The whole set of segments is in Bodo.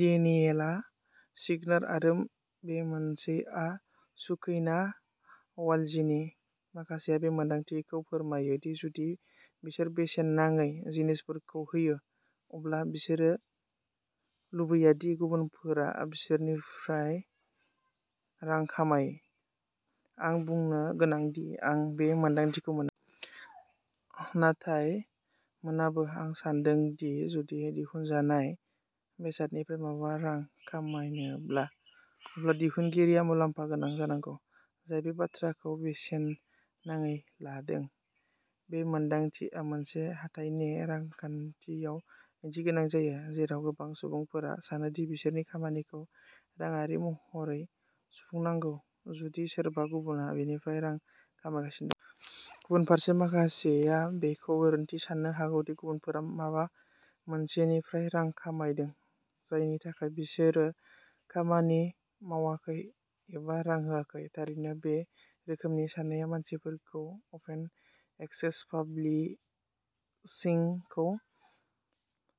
डेनिएला सिगनार आरो बे मोनसेया सुकैना वालजिनि। माखासेया बे मोन्दांथिखौ फोरमायो दि जुदि बिसोर बेसेन नाङै जिनिसफोरखौ होयो। अब्ला बिसोरो लुबैया दि गुबुनफोरा बिसोरनिफ्राय रां खामाय। आं बुंनो गोनां दि आं बे मोनदांथिखौ मोन नाथाय मोनाबो। आं सान्दों दि जुदि दिहुनजानाय बेसादनिफ्राय माबा रां खामायनोब्ला, अब्ला दिहुनगिरिया मुलाम्फा गोनां जानांगौ। जाय बे बाथ्राखौ बेसेन नाङै लादों। बे मोनदांथिया मोनसे हाथाइनि रांखान्थियाव ओंथिगोनां जायो। जेराव गोबां सुबुंफोरा सानो दि बिसोरनि खामानिखौ रांआरि महरै सुफुंनांगौ जुदि सोरबा गुबुनआ बेनिफ्राय रां खामायगासिनो दं। गुबुन फारसे माखासेया बेखौ गोरोन्थि साननो हागौ दि गुबुनफोरा माबा मोनसेनिफ्राय रां खामायदों जायनि थाखाय बिसोरो खामानि मावाखै एबा रां होआखै। थारैनो। बे रोखोमनि साननाया मानसिफोरखौ अपेन एक्सेस पाब्लिशिंखौ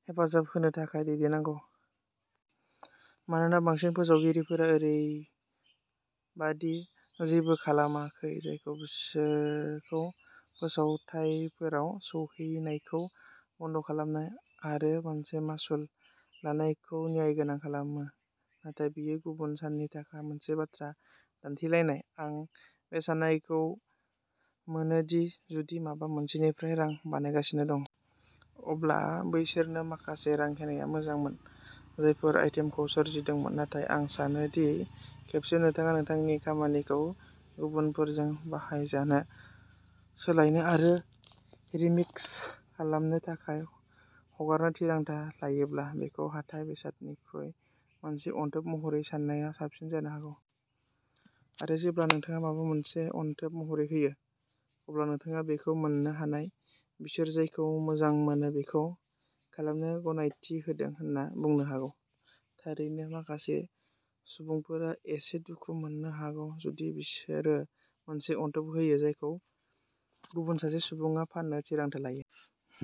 हेफाजाब होनो थाखाय दैदेननांगौ। मानोना, बांसिनै फोसावगिरिफोरा ओरैबायदि जेबो खालामाखै जाय बिसोरखौ फोसावथायफोराव सौहैनायखौ बन्द'खालामनाय आरो मोनसे मासुल लानायखौ न्यायगोनां खालामो। नाथाय बेयो गुबुन साननि थाखाय मोनसे बाथ्रा दान्थेलायनाय। आं बे साननायखौ मोनो दि जुदि माबा मोनसेनिफ्राय रां बानायगासिनो दं। अब्ला बैसोरनो माखासे रां होनाया मोजां मोन जायफोर आइटेमखौ सोरजिदोंमोन। नाथाय आं सानो दि खेबसे नोंथाङा नोंथांनि खामानिखौ गुबुनफोरजों बाहायजानो, सोलायनो आरो रिमिक्स खालामनो थाखाय हगारनो थिरांथा लायोब्ला। बेखौ हाथाइ बेसादनिख्रुइ मोनसे अनथोब महरै साननाया साबसिन जानो हागौ। आरो जेब्ला नोंथाङा माबा मोनसे अनथोब महरै होयो। अब्ला नोंथाङा बेखौ मोननो हानाय बिसोर जायखौ मोजां मोनो बेखौ खालामनो गनायथि होदों होनना बुंनो हागौ। थारैनो, माखासे सुबुंफोरा एसे दुखु मोननो हागौ जुदि बिसोरो मोनसे अनथोब होयो जायखौ गुबुन सासे सुबुङा फाननो थिरांथा लायो।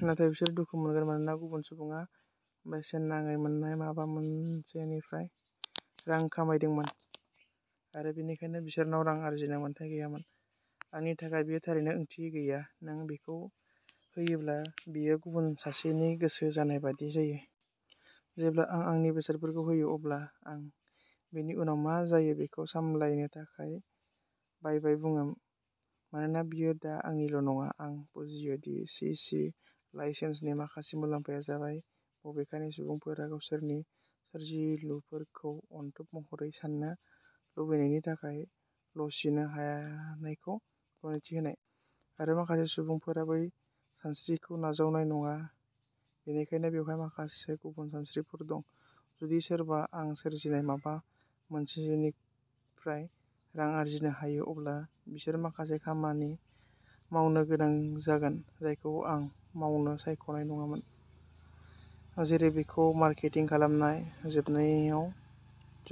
नाथाय बिसोर दुखु मोनगोन मानोना गुबुन सुबुङा बेसेन नाङै मोन्नाय माबा मोनसेनिफ्राय रां खामायदोंमोन आरो बेनिखायनो बिसोरनाव रां आर्जिनो मोन्थाइ गैयामोन। आंनि थाखाय बेयो थारैनो ओंथि गैया। नों बेखौ होयोब्ला बेयो गुबुन सासेनि गोसो जानाय बायदि जायो। जेब्ला आं आंनि बेसादफोरखौ होयो। अब्ला आं बेनि उनाव मा जायो बेखौ सामलायनो थाखाय बायबाय बुङो। मानोना बेयो दा आंनिल' नङा। आं बुजियो दि सि सि लाइसेन्सनि माखासे मुलाम्फाया जाबाय बबेखानि सुबुंफोरा गावसोरनि सोरजिलुफोरखौ अनथोब महरै साननो लुबैनायनि थाखोआव लचिनो हायानायखौ गनायथि होनाय। आरो माखासे सुबुंफोरा बै सानस्रिखौ नाजावनाय नङा। बेनिखायनो बेवहाय माखासे गुबुन सानस्रिफोर दं। जुदि सोरबा आं सोरजिनाय माबा मोनसेनिफ्राय रां आर्जिनो हायो। अब्ला बिसोर माखासे खामानि मावनो गोनां जागोन जायखौ आं मावनो सायख'नाय नङामोन। जेरै बेखौ मार्केटिं खालामनाय। जोबनायाव जुद